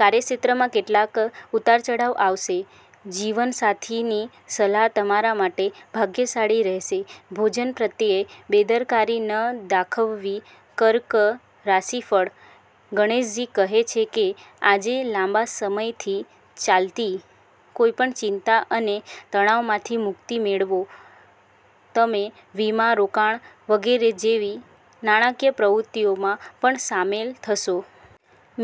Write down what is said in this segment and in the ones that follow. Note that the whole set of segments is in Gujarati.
કાર્યક્ષેત્રમાં કેટલાક ઉતાર-ચઢાવ આવશે. જીવનસાથીની સલાહ તમારા માટે ભાગ્યશાળી રહેશે. ભોજન પ્રત્યે બેદરકારી ન દાખવવી. કર્ક રાશિફળ: ગણેશજી કહે છે કે આજે લાંબા સમયથી ચાલતી કોઈપણ ચિંતા અને તાણમાંથી મુક્તિ મેળવો. તમે વીમા, રોકાણ વગેરે જેવી નાણાકીય પ્રવૃત્તિઓમાં પણ સામેલ થશો.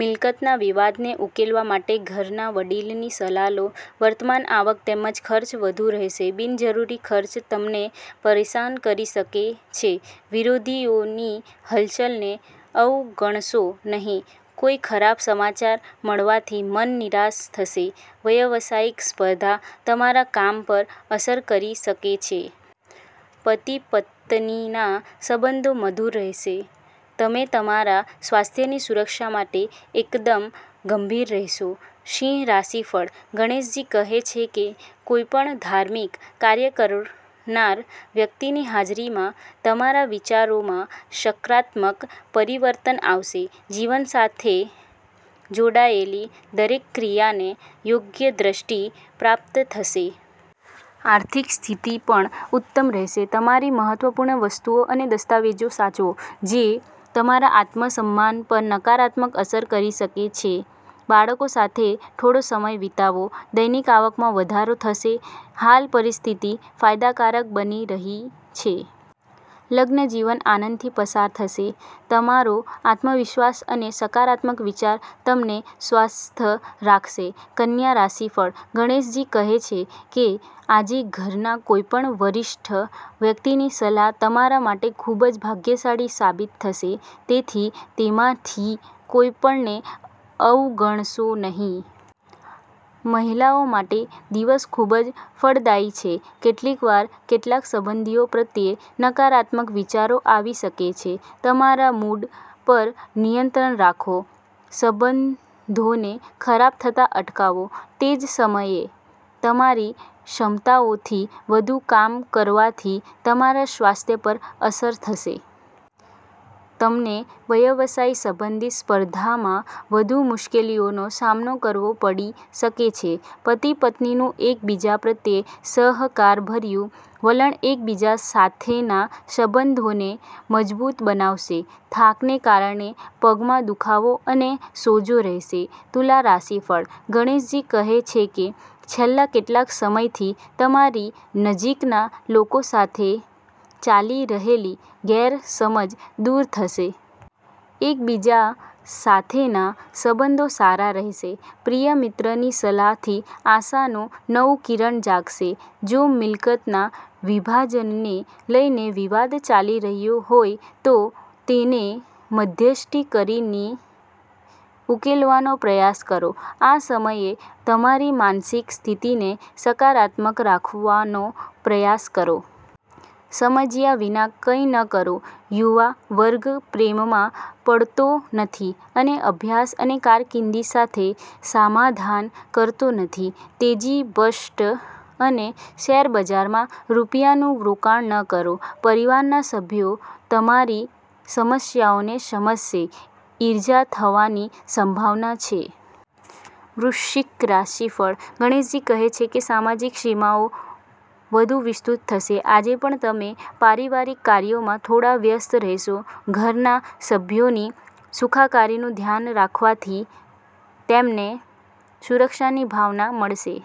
મિલકતના વિવાદને ઉકેલવા માટે ઘરના વડીલની સલાહ લો. વર્તમાન આવક તેમજ ખર્ચ વધુ રહેશે. બિનજરૂરી ખર્ચ તમને પરેશાન કરી શકે છે. વિરોધીઓની હલચલને અવગણશો નહીં. કોઈ ખરાબ સમાચાર મળવાથી મન નિરાશ થશે. વ્યવસાયિક સ્પર્ધા તમારા કામ પર અસર કરી શકે છે. પતિ-પત્નીના સંબંધો મધુર રહેશે. તમે તમારા સ્વાસ્થ્યની સુરક્ષા માટે એકદમ ગંભીર રહેશો. સિંહ રાશિફળ: ગણેશજી કહે છે કે કોઈપણ ધાર્મિક કાર્ય કરનાર વ્યક્તિની હાજરીમાં તમારા વિચારોમાં સકારાત્મક પરિવર્તન આવશે. જીવન સાથે જોડાયેલી દરેક ક્રિયાને યોગ્ય દ્રષ્ટિ પ્રાપ્ત થશે. આર્થિક સ્થિતિ પણ ઉત્તમ રહેશે. તમારી મહત્વપૂર્ણ વસ્તુઓ અને દસ્તાવેજો સાચવો જે તમારા આત્મસન્માન પર નકારાત્મક અસર કરી શકે છે. બાળકો સાથે થોડો સમય વિતાવો. દૈનિક આવકમાં વધારો થશે. હાલ પરિસ્થિતિ ફાયદાકારક બની રહી છે. લગ્નજીવન આનંદથી પસાર થશે. તમારો આત્મવિશ્વાસ અને સકારાત્મક વિચાર તમને સ્વસ્થ રાખશે. કન્યા રાશિફળ: ગણેશજી કહે છે કે આજે ઘરના કોઈપણ વરિષ્ઠ વ્યક્તિની સલાહ તમારા માટે ખૂબ જ ભાગ્યશાળી સાબિત થશે. તેથી તેમાંથી કોઈપણને અવગણશો નહીં. મહિલાઓ માટે દિવસ ખૂબ જ ફળદાયી છે. કેટલીકવાર કેટલાક સંબંધીઓ પ્રત્યે નકારાત્મક વિચારો આવી શકે છે. તમારા મૂડ પર નિયંત્રણ રાખો. સંબંધોને ખરાબ થતા અટકાવો. તે જ સમયે, તમારી ક્ષમતાઓથી વધુ કામ કરવાથી તમારા સ્વાસ્થ્ય પર અસર થશે. તમને વ્યવસાય સંબંધિત સ્પર્ધામાં વધુ મુશ્કેલીઓનો સામનો કરવો પડી શકે છે. પતિ-પત્નીનું એકબીજા પ્રત્યે સહકારભર્યું વલણ એકબીજા સાથેના સંબંધોને મજબૂત બનાવશે. થાકને કારણે પગમાં દુખાવો અને સોજો રહેશે. તુલા રાશિફળ: ગણેશજી કહે છે કે છેલ્લા કેટલાક સમયથી તમારી નજીકના લોકો સાથે ચાલી રહેલી ગેરસમજ દૂર થશે. એકબીજા સાથેના સંબંધો સારા રહેશે. પ્રિય મિત્રની સલાહથી આશાનું નવું કિરણ જાગશે. જો મિલકતના વિભાજનને લઈને વિવાદ ચાલી રહ્યો હોય, તો તેને મધ્યસ્થી કરીને ઉકેલવાનો પ્રયાસ કરો. આ સમયે તમારી માનસિક સ્થિતિને સકારાત્મક રાખવાનો પ્રયાસ કરો. સમજ્યા વિના કંઈ ન કરો. યુવા વર્ગ પ્રેમમાં પડતો નથી અને અભ્યાસ અને કારકિર્દી સાથે સમાધાન કરતો નથી. તેજી-બસ્ટ અને શેરબજારમાં રૂપિયાનું રોકાણ ન કરો. પરિવારના સભ્યો તમારી સમસ્યાઓને સમજશે. ઈજા થવાની સંભાવના છે. વૃશ્ચિક રાશિફળ: ગણેશ કહે છે કે સામાજિક સીમાઓ વધુ વિસ્તૃત થશે. આજે પણ તમે પારિવારિક કાર્યોમાં થોડા વ્યસ્ત રહેશો. ઘરના સભ્યોની સુખાકારીનું ધ્યાન રાખવાથી તેમને સુરક્ષાની ભાવના મળશે.